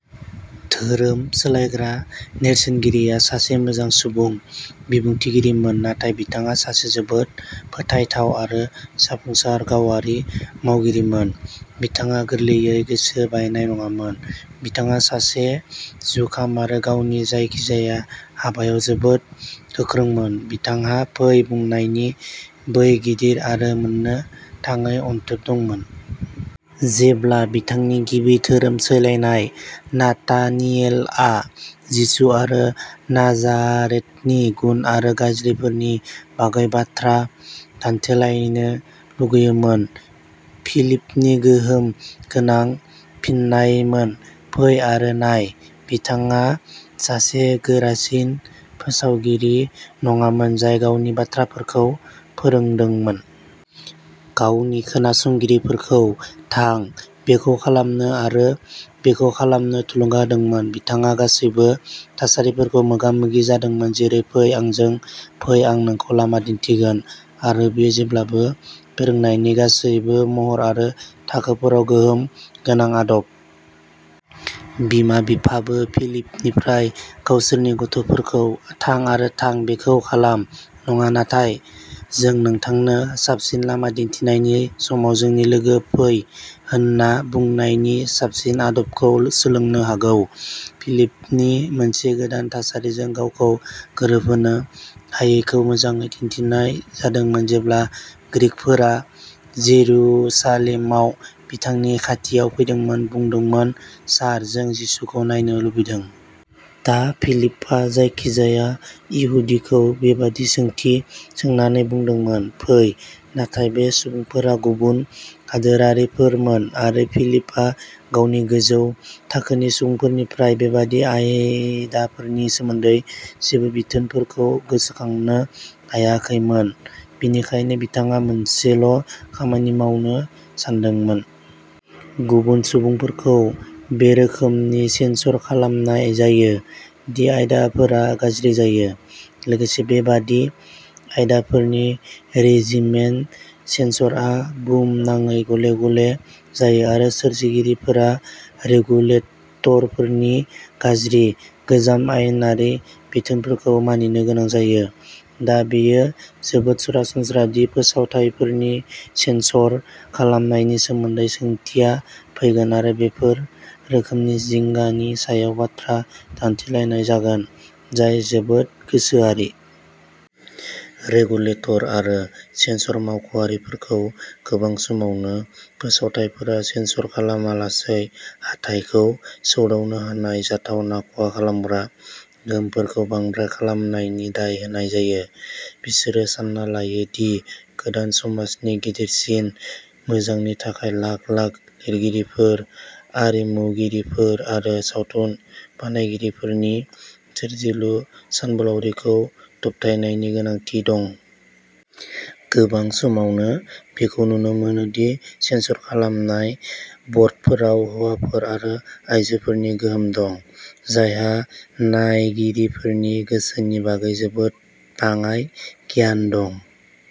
धोरोम सोलायग्रा नेर्सोनगिरिआ सासे मोजां सुबुं बिबुंथिगिरिमोन, नाथाय बिथाङा सासे जोबोद फोथायथाव आरो जाफुंसार गावारि मावगिरिमोन। बिथाङा गोरलैयै गोसो बायनाय नङामोन; बिथाङा सासे जुखाम आरो गावनि जायखिजाया हाबायाव जोबोद गोख्रोंमोन। बिथांहा "फै" बुंनायनि बै गिदिर आरो मोननो थाङै अनथोब दंमोन। जेब्ला बिथांनि गिबि धोरोम सोलायनाय, नाथानियेलआ, जिसु आरो नाजारेथनि गुन आरो गाज्रिफोरनि बागै बाथ्रा दान्थेलायनो लुगैयोमोन, फिलिपनि गोहोम गोनां फिननायमोन, "फै आरो नाय। " बिथाङा सासे गोरासिन फोसावगिरि नङामोन, जाय गावनि बाथ्राफोरखौ फोरोंदोंमोन। गावनि खोनासंगिरिफोरखौ "थां"-बेखौ खालामनो आरो बेखौ खालामनो थुलुंगा होदोंमोन। बिथाङा गासैबो थासारिफोरखौ मोगा-मोगि जादोंमोन, जेरै "फै"-"आंजों फै; आं नोंखौ लामा दिन्थिगोन। " आरो बेयो जेब्लाबो फोरोंनायनि गासैबो महर आरो थाखोफोराव गोहोम गोनां आदब। बिमा-बिफाबो फिलिपनिफ्राय गावसोरनि गथ'फोरखौ "थां आरो थां बेखौ खालाम" नङा, नाथाय "जों नोंथांनो साबसिन लामा दिन्थिनायनि समाव जोंनि लोगो फै" होनना बुंनायनि साबसिन आदबखौ सोलोंनो हागौ। फिलिपनि मोनसे गोदान थासारिजों गावखौ गोरोबहोनो हायैखौ मोजाङै दिन्थिनाय जादोंमोन जेब्ला ग्रीकफोरा जेरुसालेमाव बिथांनि खाथियाव फैदोंमोन, बुंदोंमोनः "सार, जों जिसुखौ नायनो लुबैदों। " दा फिलिपआ जायखिजाया इहुदिखौ बेबादि सोंथि सोंनानै बुंदोंमोन, "फै। " नाथाय बे सुबुंफोरा गुबुन हादोरारिफोरमोन, आरो फिलिपआ गावनि गोजौ थाखोनि सुबुंफोरनिफ्राय बेबादि आयदाफोरनि सोमोन्दै जेबो बिथोनफोरखौ गोसोखांनो हायाखैमोन; बेनिखायनो बिथाङा मोनसेल खामानि मावनो सानदोंमोन। गुबुन सुबुंफोरखौ बे रोखोमनि सेन्सर खालामनाय जायो दि आयदाफोरा गाज्रि जायो। लोगोसे, बेबादि आयदाफोरनि रेजिमेन सेन्सरआ बुहुमनाङै गले-गले जायो आरो सोरजिगिरिफोरा रेगुलेटरफोरनि गाज्रि, गोजाम आयेनारि बिथोनफोरखौ मानिनो गोनां जायो। दा, बेयो जोबोद सरासनस्रा दि फोसावथाइफोरनि सेन्सर खालामनायनि सोमोन्दै सोंथिया फैगोन आरो बेफोर रोखोमनि जिंगानि सायाव बाथ्रा दान्थेलायनाय जागोन जाय जोबोद गोसोआरि। रेगुलेटर आरो सेन्सर मावख'आरिफोरखौ गोबां समावनो फोसावथाइफोरा सेन्सर खालामालासै हाथाइखौ सौदावनो हानाय जाथावना खहा खालामग्रा गोहोमफोरखौ बांद्राय खालामनायनि दाय होनाय जायो। बिसोरो सानना लायो दि गोदान समाजनि गेदेरसिन मोजांनि थाखाय लाख-लाख लिरगिरिफोर, आरिमुगिरिफोर आरो सावथुन बानायगिरिफोरनि सोरजिलु सानबोलावरिखौ दबथायनायनि गोनांथि दं। गोबां समावनो, बेखौ नुनो मोनो दि सेन्सर खालामनाय बर्डफोराव हौवाफोर आरो आयजोफोरनि गोहोम दं, जायहा नायगिरिफोरनि गोसोनि बागै जोबोद बाङाइ गियान दं।